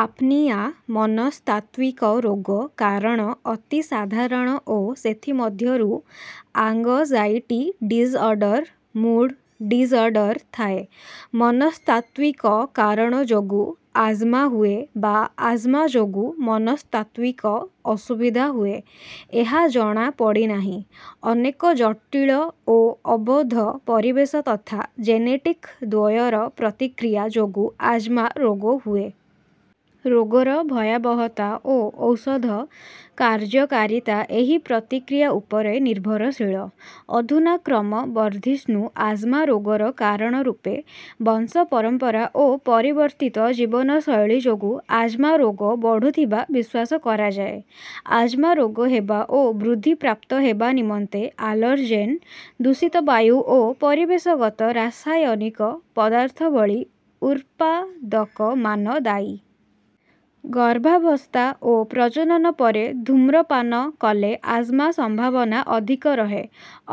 Apnoea. ମନସ୍ତାତ୍ୱିକ ରୋଗ କାରଣ ଅତି ସାଧାରଣ ଓ ସେଥି ମଧ୍ୟରୁ ଆଙ୍ଗଜାଇଟି ଡିଜ୍ଅର୍ଡର, ମୁଡ ଡିଜ୍ଅର୍ଡର ଥାଏ। ମନସ୍ତାତ୍ୱିକ କାରଣ ଯୋଗୁ ଆଜ୍ମା ହୁଏ ବା ଆଜ୍ମା ଯୋଗୁ ମନସ୍ତାତ୍ୱିକ ଅସୁବିଧା ହୁଏ, ଏହା ଜଣା ପଡ଼ିନାହିଁ। ଅନେକ ଜଟୀଳ ଓ ଅବୋଧ୍ୟ 'ପରିବେଶ ତଥା ଜେନେଟିକ ଦ୍ୱୟର ପ୍ରତିକ୍ରିୟା' ଯୋଗୁ ଆଜ୍ମା ରୋଗ ହୁଏ। ରୋଗର ଭୟାବହତା ଓ ଔଷଧ କାର୍ଯ୍ୟକାରୀତା ଏହି ପ୍ରତିକ୍ରିୟା ଉପରେ ନିର୍ଭରଶୀଳ। ଅଧୁନା କ୍ରମ ବର୍ଦ୍ଧିଷ୍ଣ୍ଣୁ ଆଜ୍ମା ରୋଗର କାରଣ ରୂପେ ବଂଶ ପରମ୍ପରା ଓ ପରିବର୍ତ୍ତୀତ ଜୀବନ ଶୈଳୀ ଯୋଗୁ ଆଜ୍ମା ରୋଗ ବଢୁଥିବା ବିଶ୍ୱାସ କରାଯାଏ। ଆଜ୍ମା ରୋଗ ହେବା ଓ ବୃଦ୍ଧି ପ୍ରାପ୍ତ ହେବା ନିମନ୍ତେ ଆଲର୍ଜେନ୍, ଦୂଷିତ ବାୟୁ ଓ ପରିବେଶଗତ ରାସାୟନିକ ପଦାର୍ଥ ଭଳି ଉର୍ପାଦକମାନ ଦାୟୀ। ଗର୍ଭାବସ୍ଥା ଓ ପ୍ରଜନନ ପରେ ଧୂମ୍ରପାନ କଲେ ଆଜ୍ମା ସମ୍ଭାବନା ଅଧିକ ରହେ।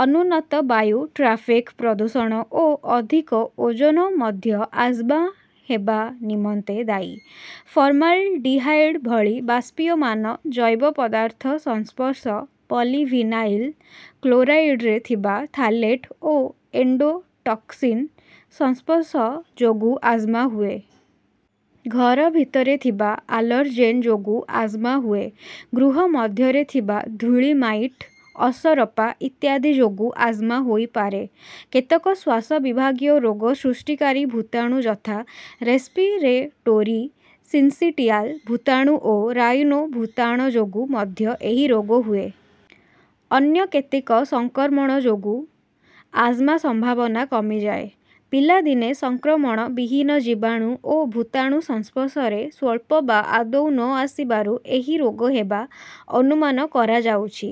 ଅନୁନ୍ନତ ବାୟୁ, ଟ୍ରାଫିକ ପ୍ରଦୂଷଣ ଓ ଅଧିକ ଓଜୋନ ମଧ୍ୟ ଆଜ୍ମା ହେବା ନିମନ୍ତେ ଦାୟୀ। ଫର୍ମାଲଡିହାଇଡ ଭଳି ବାଷ୍ପୀୟମାନ ଜୈବ ପଦାର୍ଥ ସଂସ୍ପର୍ଷ, ପଲିଭିନାଇଲ୍ କ୍ଲୋରାଇଡରେ ଥିବା ଥାଲେଟ ଓ ଏଣ୍ଡୋଟକ୍ସିନ ସଂସ୍ପର୍ଷ ଯୋଗୁ ଆଜ୍ମା ହୁଏ। ଘର ଭିତରେ ଥିବା ଆଲର୍ଜେନ ଯୋଗୁ ଆଜ୍ମା ହୁଏ ଗୃହ ମଧ୍ୟରେ ଥିବା ଧୂଳି ମାଇଟ୍, ଅସରପା ଇତ୍ୟାଦି ଯୋଗୁ ଆଜ୍ମା ହୋଇପାରେ। କେତେକ ଶ୍ୱାସ ବିଭାଗୀୟ ରୋଗ ସୃଷ୍ଟିକାରୀ ଭୁତାଣୁ ଯଥା ରେସ୍ପିରେଟୋରି ସିନ୍ସିଟିଆଲ୍ ଭୁତାଣୁ ଓ ରାଇନୋ ଭୁତାଣ ଯୋଗୁ ମଧ୍ୟ ଏହି ରୋଗ ହୁଏ। ଅନ୍ୟ କେତେକ ସଂକ୍ରମଣ ଯୋଗୁ ଆଜ୍ମା ସମ୍ଭାବନା କମିଯାଏ। ପିଲାଦିନେ ସଂକ୍ରମଣ ବିହୀନ ଜୀବାଣୁ ଓ ଭୁତାଣୁ ସଂସ୍ପର୍ଶରେ ସ୍ୱଳ୍ପ ବା ଆଦୌ ନ ଆସିବାରୁ ଏହି ରୋଗ ହେବା ଅନୁମାନ କରାଯାଉଛି।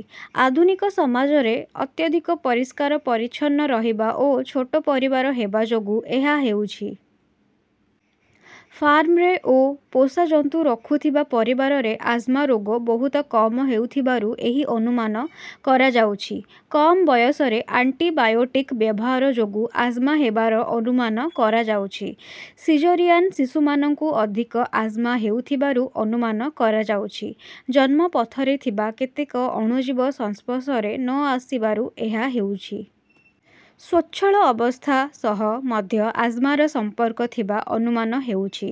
ଆଧୁନିକ ସମାଜରେ ଅତ୍ୟଧିକ ପରିଷ୍କାର ପରିଚ୍ଛନ୍ନ ରହିବା ଓ ଛୋଟ ପରିବାର ହେବା ଯୋଗୁ ଏହା ହେଉଛି। ଫାର୍ମରେ ଓ ପୋଷା ଜନ୍ତୁ ରଖୁଥିବା ପରିବାରରେ ଆଜ୍ମା ରୋଗ ବହୁତ କମ ହେଉଥିବାରୁ ଏହି ଅନୁମାନ କରାଯାଉଛି। କମ ବୟସରେ ଆଣ୍ଟିବାୟୋଟିକ ବ୍ୟବହାର ଯୋଗୁ ଆଜ୍ମା ହେବାର ଅନୁମାନ କରାଯାଉଛି। ସିଜରିଆନ ଶିଶୁମାନଙ୍କୁ ଅଧିକ ଆଜ୍ମା ହେଉଥିବାରୁ ଅନୁମାନ କରାଯାଉଛି। ଜନ୍ମ ପଥରେ ଥିବା କେତେକ ଅଣୁଜୀବ ସଂସ୍ପର୍ଷରେ ନ ଆସିବାରୁ ଏହା ହେଉଛି। ସ୍ୱଚ୍ଛଳ ଅବସ୍ଥା ସହ ମଧ୍ୟ ଆଜ୍ମାର ସଂମ୍ପର୍କ ଥିବା ଅନୁମାନ ହେଉଛି।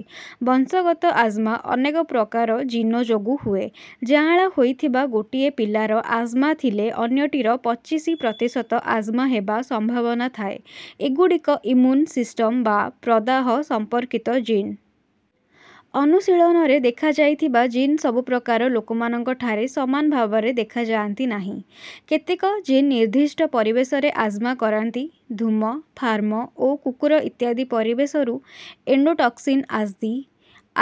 ବଂଶଗତ ଆଜ୍ମା ଅନେକ ପ୍ରକାର ଜୀନ ଯୋଗୁ ହୁଏ। ଯାଆଁଳା ହୋଇଥିବା ଗୋଟିଏ ପିଲାର ଆଜ୍ମା ଥିଲେ ଅନ୍ୟଟିର ପଚିଶି ପ୍ରତିଶତ ଆଜ୍ମା ହେବା ସମ୍ଭାବନା ଥାଏ। ଏଗୁଡିକ ଇମ୍ମୁନ ସିସ୍ଟମ ବା ପ୍ରଦାହ ସମ୍ପର୍କିତ ଜୀନ। ଅନୁଶୀଳନରେ ଦେଖାଯାଇଥିବା ଜୀନ ସବୁ ପ୍ରକାର ଲୋକମାନଙ୍କଠାରେ ସମାନ ଭାବରେ ଦେଖାଯାଆନ୍ତି ନାହିଁ। କେତେକ ଜୀନ ନିର୍ଦ୍ଦିଷ୍ଟ ପରିବେଶରେ ଆଜ୍ମା କରାନ୍ତି। ଧୂମ, ଫାର୍ମ ଓ କୁକୁର ଇତ୍ୟାଦି ପରିବେଶରୁ ଏଣ୍ଡୋଟକ୍ସିନ ଆସି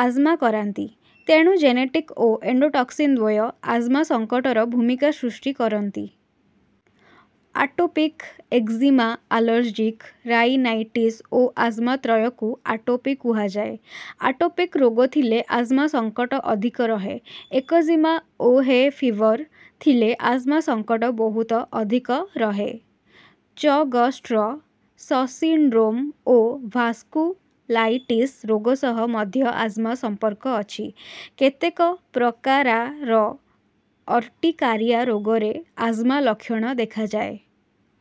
ଆଜ୍ମା କରାନ୍ତି। ତେଣୁ ଜେନେଟିକ ଓ ଏଣ୍ଡୋଟକ୍ସିନ ଦ୍ୱୟ ଆଜ୍ମା ସଙ୍କଟର ଭୁମିକା ସୃଷ୍ଟି କରନ୍ତି। ଆଟୋପିକ ଏକ୍ଜିମା, ଆଲର୍ଜିକ ରାଇନାଇଟିସ ଓ ଆଜ୍ମା ତ୍ରୟକୁ ଆଟୋପି କୁହାଯାଏ। ଆଟୋପିକ ରୋଗ ଥିଲେ ଆଜ୍ମା ସଙ୍କଟ ଅଧିକ ରହେ। ଏକଜିମା ଓ ହେ ଫିଭର ଥିଲେ ଆଜ୍ମା ସଙ୍କଟ ବହୁତ ଅଧିକ ରହେ। ଚଗ-ସ୍ଟ୍ରସସିଣ୍ଡ୍ରୋମ ଓ ଭାସ୍କୁଲାଇଟିସ ରୋଗ ସହ ମଧ୍ୟ ଆଜ୍ମା ସମ୍ପର୍କ ଅଛି। କେତେକ ପ୍ରକାରାର ଅର୍ଟିକାରିଆ ରୋଗରେ ଆଜ୍ମା ଲକ୍ଷଣ ଦେଖାଯାଏ।